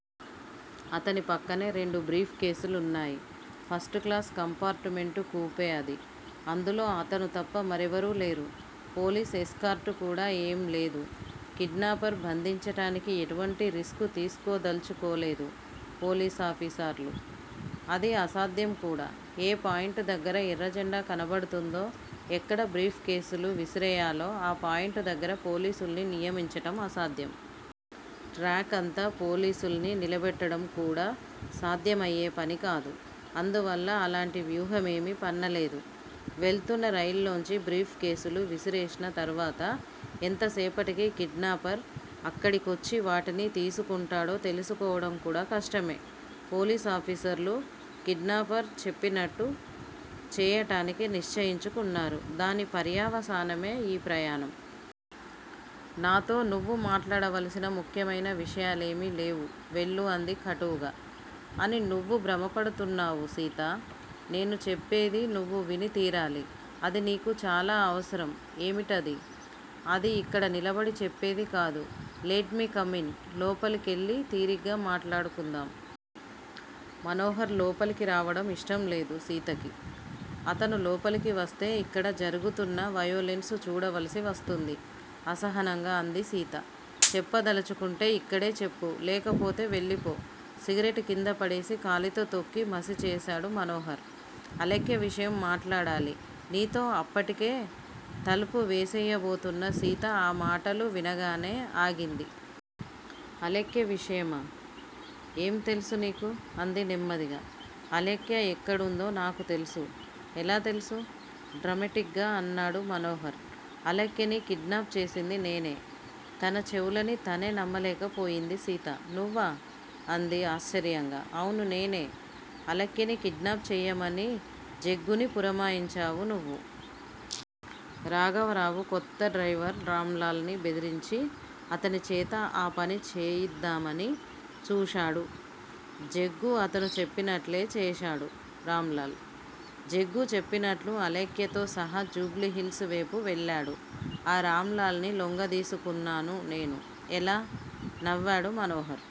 అతని పక్కనే రెండు బ్రీఫ్ కేసులున్నాయి. ఫస్ట్ క్లాస్ కంపార్టుమెంటు కూపే అది. అందులో అతను తప్ప మరెవరూ లేరు. పోలీస్ ఎస్కార్టు కూడా ఏం లేదు. కిడ్నాపర్ బంధించటానికి ఎటువంటి రిస్క్ తీసుకోదల్చుకోలేదు పోలీసాఫీసార్లు. అది అసాధ్యం కూడా. ఏ పాయింట్ దగ్గర ఎర్రజెండా కనబడుతుందో, ఎక్కడ బ్రీఫ్ కేసులు విసిరేయాలో ఆ పాయింట్ దగ్గర పోలీసుల్ని నియమించటం అసాధ్యం. ట్రాక్ అంతా పోలీసుల్ని నిలబెట్టడం కూడా సాధ్యమయ్యే పనికాదు. అందువల్ల అలాంటి వ్యూహమేమీ పన్నలేదు. వెళ్తున్న రైల్లోంచి బ్రీఫ్ కేసులు విసిరేసిన తర్వాత, ఎంత సేపటికి కిడ్నాపర్ అక్కడికొచ్చి వాటిని తీసుకుంటాడో తెలుసుకోవటం కూడా కష్టమే. పోలీసాఫీసర్లు కిడ్నాపర్ చెప్పినతు చేయతాన్నికి నిశ్చయించుకున్నారు. దాని పర్యవసానమే ఈ ప్రయాణం. నాతొ నువ్వు మాట్లాడవలసిన ముఖ్యమైన విషయాలేమి లేవు. వెళ్ళు అంది కటువుగా. అని నువ్వు భ్రమపడుతున్నావు సీతా! నేను చెప్పేది నువ్వు విని తీరాలి. అది నీకు చాలా అవసరం ఏమిటది? అది ఇక్కడ నిలబడి చెప్పేది కాదు. Let me come in. లోపలికెళ్ళి తీరిగ్గా మాట్లాడుకుందాం. మనోహర్ లోపలికి రావడం ఇష్టం లేదు సీతకి. అతను లోపలికి వస్తే, అక్కడ జరుగుతున్నా వయోలెన్స్ చూడవలసి వస్తుంది. అసహనంగా అంది సీత. చెప్పదలచుకుంటే ఇక్కడే చెప్పు. లేకపోతే వెళ్ళిపో సిగరెట్ కిందపడేసి కాలితో తొక్కి మసి చేశాడు మనోహర్. అలేఖ్య విషయం మాట్లాడాలి నీతో అప్పటికే తలుపువేసేయ్యబోతున్న సీత ఆ మాటలు వినగానే ఆగింది. 'అలేఖ్య విషయమా? ఏం తెలుసు నీకు? అంది నెమ్మదిగా. అలేఖ్య ఎక్కడుందో నాకు తెలుసు ఎలా తెలుసు? డ్రమెటిక్ గా అన్నాడు మనోహర్. అలేఖ్యని కిడ్నాప్ చేసింది నేనే! తన చెవులని తనే నమ్మలేకపోయింది సీత. నువ్వా? అంది ఆశ్చర్యంగా. అవును నేనే. అలేఖ్యని కిడ్నాప్ చెయ్యమని జగ్గుని పురమాయించావు నువ్వు. రాఘవరావు కొత్త డ్రయివర్ రాంలాల్ ని బెదిరించి అతని చేత ఆ పని చేయిద్దామని చూశాడు. జగ్గూ అతను చెప్పినట్లే చేశాడు రాంలాల్. జగ్గూ చెప్పినట్లు అలేఖ్యతో సహా జూబ్లీ హిల్స్ వేపు వెళ్ళాడు. ఆ రాంలాల్ ని లొంగదీసుకున్నాను నేను. ఎలా? నవ్వాడు మనోహర్.